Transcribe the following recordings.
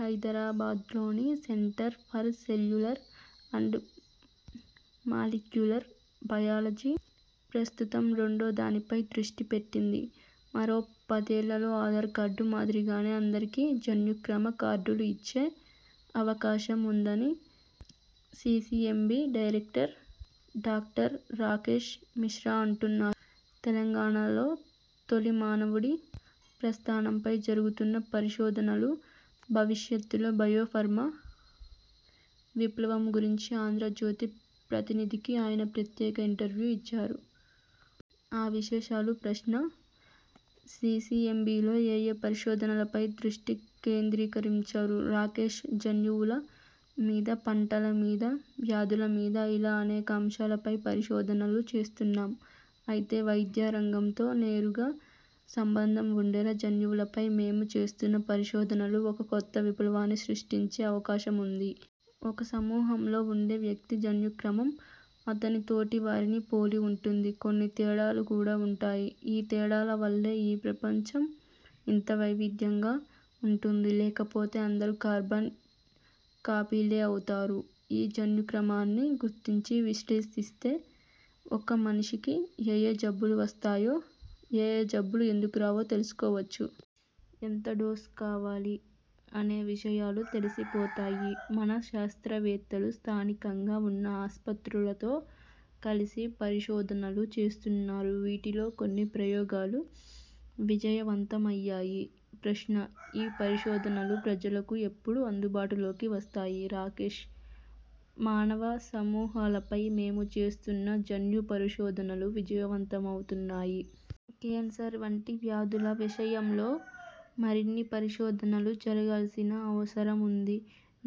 హైదరాబాద్లోని centre for cellular and molecular biology ప్రస్తుతం రెండో దానిపై దృష్టి పెట్టింది. మరో పదేళ్లలో ఆధార్ కార్డు మాదిరిగానే అందరికీ జన్యుక్రమ కార్డులు ఇచ్చే అవకాశం ఉందని CCMB director doctor Rakesh Mishra అంటున్నారు. తెలంగాణలో తొలి మానవుడి ప్రస్థానంపై జరుగుతున్న పరిశోధనలు, భవిష్యత్తులో బయోఫార్మా విప్లవం గురించి 'ఆంధ్రజ్యోతి' ప్రతినిధికి ఆయన ప్రత్యేక ఇంటర్వ్యూ ఇచ్చారు. ఆ విశేషాలు ప్రశ్న: సీసీఎంబీలో ఏయే పరిశోధనలపై దృష్టి కేంద్రీకరించారు? రాకేశ్: జన్యువుల మీద, పంటల మీద, వ్యాధుల మీద ఇలా అనేక అంశాలపై పరిశోధనలు చేస్తున్నాం. అయితే వైద్యరంగంతో నేరుగా సంబంధం ఉండేలా జన్యువులపై మేము చేస్తున్న పరిశోధనలు ఒక కొత్త విప్లవాన్ని సృష్టించే అవకాశముంది. ఒక సమూహంలో ఉండే వ్యక్తి జన్యుక్రమం అతని తోటివారిని పోలి ఉంటుంది. కొన్ని తేడాలు కూడా ఉంటాయి. ఈ తేడాల వల్లే ఈ ప్రపంచం ఇంత వైవిధ్యంగా ఉంటుంది. లేకపోతే అందరూ కార్బన్ కాపీలే అవుతారు. ఈ జన్యుక్రమాన్ని గుర్తించి విశ్లేషిస్తే ఒక మనిషికి ఏయే జబ్బులు వస్తాయో, ఏ జబ్బులు ఎందుకు రావో తెలుసుకోవచ్చు. ఎంత డోస్ కావాలి? అనే విషయాలు తెలిసిపోతాయి. మన శాస్త్రవేత్తలు స్థానికంగా ఉన్న ఆస్పత్రులతో కలిపి పరిశోధనలు చేస్తున్నారు. వీటిలో కొన్ని ప్రయోగాలు విజయవంతమయ్యాయి. ప్రశ్న: ఈ పరిశోధనలు ప్రజలకు ఎప్పుడు అందుబాటులోకి వస్తాయి? రాకేశ్: మానవ సమూహాలపై మేము చేస్తున్న జన్యు పరిశోధనలు విజయవంతమవుతున్నాయి. కేన్సర్ వంటి వ్యాధుల విషయంలో మరిన్ని పరిశోధనలు జరగాల్సిన అవసరముంది.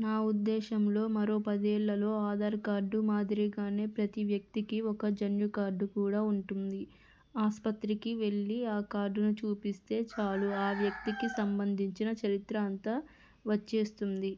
నా ఉద్దేశంలో మరో పదేళ్లలో ఆధార్ కార్డు మాదిరిగానే ప్రతి వ్యక్తికీ ఒక జన్యుకార్డు కూడా ఉంటుంది. ఆస్పత్రికి వెళ్లి ఆ కార్డును చూపిస్తే చాలు ఆ వ్యక్తికి సంబంధించిన చరిత్ర అంతా వచ్చేస్తుంది.